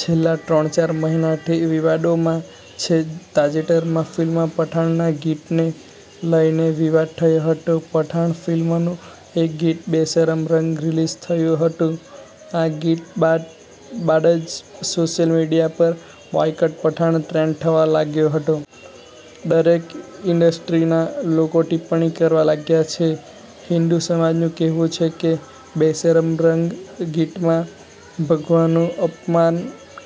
છેલ્લા ત્રણ-ચાર મહિનાથી વિવાદોમાં છે. તાજેતરમાં ફિલ્મ પઠાણના ગીતને લઈને વિવાદ થયો હતો. પઠાણ ફિલ્મનું એક ગીત બેશરમ રંગ રિલીઝ થયું હતું, આ ગીત બાદ જ સોશિયલ મીડિયા પર બોયકોટ પઠાણ ટ્રેન્ડ થવા લાગ્યો હતો. દરેક ઈન્ડસ્ટ્રીના લોકો ટીપ્પણી કરવા લાગ્યા છે, હિન્દુ સમાજનું કહેવું છે કે બેશરમ રંગ ગીતમાં ભગવાનું અપમાન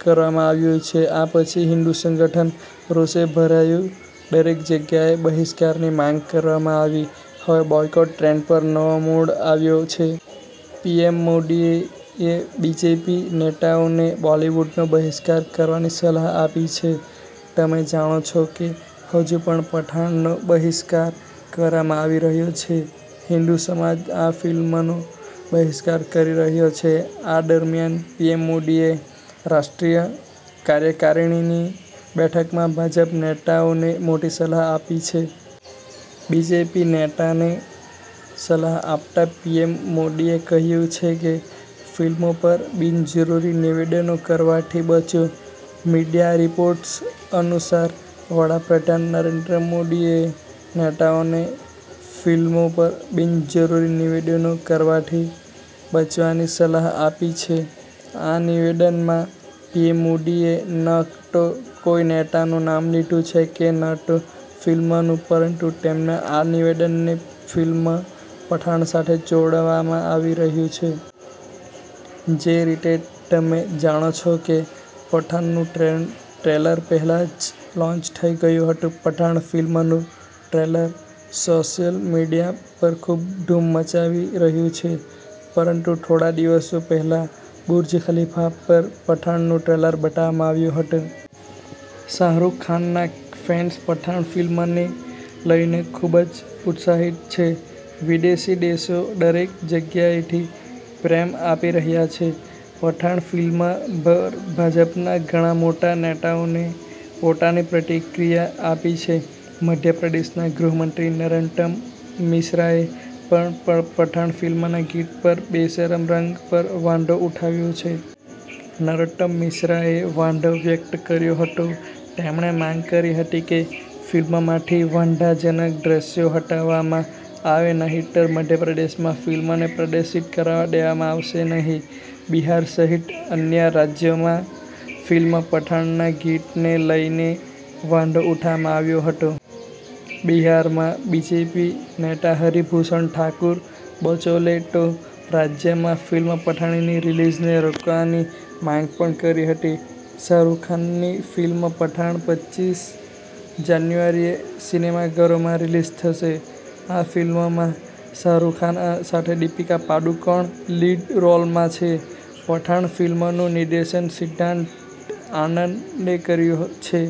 કરવામાં આવ્યું છે. આ પછી હિન્દુ સંગઠન રોષે ભરાયું, દરેક જગ્યાએ બહિષ્કારની માંગ કરવામાં આવી. હવે બોયકોટ ટ્રેન્ડ પર નવો મોડ આવ્યો છે. પીએમ મોદી એ બીજેપી નેતાઓને બોલીવુડનો બહિષ્કાર કરવાની સલાહ આપી છે. તમે જાણો છો કે હજુ પણ પઠાણનો બહિષ્કાર કરવામાં આવી રહ્યો છે. હિંદુ સમાજ આ ફિલ્મનો બહિષ્કાર કરી રહ્યો છે. આ દરમિયાન પીએમ મોદીએ રાષ્ટ્રીય કાર્યકારિણીની બેઠકમાં ભાજપના નેતાઓને મોટી સલાહ આપી છે. બીજેપી નેતાઓને સલાહ આપતા પીએમ મોદીએ કહ્યું છે કે ફિલ્મો પર બિનજરૂરી નિવેદનો કરવાથી બચો. મીડિયા રિપોર્ટ્સ અનુસાર વડાપ્રધાન નરેન્દ્ર મોદીએ નેતાઓને ફિલ્મો પર બિનજરૂરી નિવેદનો કરવાથી બચવાની સલાહ આપી છે. આ નિવેદનમાં પીએમ મોદીએ ન તો કોઈ નેતાનું નામ લીધું છે કે ન તો ફિલ્મનું, પરંતુ તેમના આ નિવેદનને ફિલ્મ પઠાણ સાથે જોડવામાં આવી રહ્યું છે. જે રીતે તમે જાણો છો કે પઠાણનું ટ્રેલર પહેલા જ લોન્ચ થઈ ગયું હતું. પઠાણ ફિલ્મનું ટ્રેલર સોશિયલ મીડિયા પર ખૂબ ધૂમ મચાવી રહ્યું છે. પરંતુ થોડા દિવસો પહેલા બુર્જ ખલીફા પર પઠાણનું ટ્રેલર બતાવવામાં આવ્યું હતું. શાહરૂખ ખાનના ફેન્સ પઠાણ ફિલ્મને લઈને ખૂબ જ ઉત્સાહિત છે. વિદેશી દેશો દરેક જગ્યાએથી પ્રેમ આપી રહ્યા છે. પઠાણ ફિલ્મ પર ભાજપના ઘણા મોટા નેતાઓએ પોતાની પ્રતિક્રિયા આપી છે. મધ્યપ્રદેશના ગૃહમંત્રી નરોત્તમ મિશ્રાએ પણ પઠાણ ફિલ્મના ગીત બેશરમ રંગ પર વાંધો ઉઠાવ્યો છે. નરોત્તમ મિશ્રા એ વાંધો વ્યક્ત કર્યો હતો. તેમણે માંગ કરી હતી કે ફિલ્મમાંથી વાંધાજનક દ્રશ્યો હટાવવામાં આવે નહીંતર મધ્યપ્રદેશમાં ફિલ્મને પ્રદર્શિત કરવા દેવામાં આવશે નહીં. બિહાર સહિત અન્ય રાજ્યોમાં ફિલ્મ પઠાણના ગીતને લઈને વાંધો ઉઠાવવામાં આવ્યો હતો. બિહારમાં બીજેપી નેતા હરિ ભૂષણ ઠાકુર બચૌલે તો રાજ્યમાં ફિલ્મ પઠાણની રિલીઝને રોકવાની માંગ પણ કરી હતી. શાહરૂખ ખાનની ફિલ્મ પઠાણ પચીસ જાન્યુઆરીએ સિનેમાઘરોમાં રિલીઝ થશે. આ ફિલ્મમાં શાહરૂખ ખાન સાથે દીપિકા પાદુકોણ લીડ રોલમાં છે. પઠાણ ફિલ્મનું નિર્દેશન સિદ્ધાર્થ આનંદે કર્યું છે.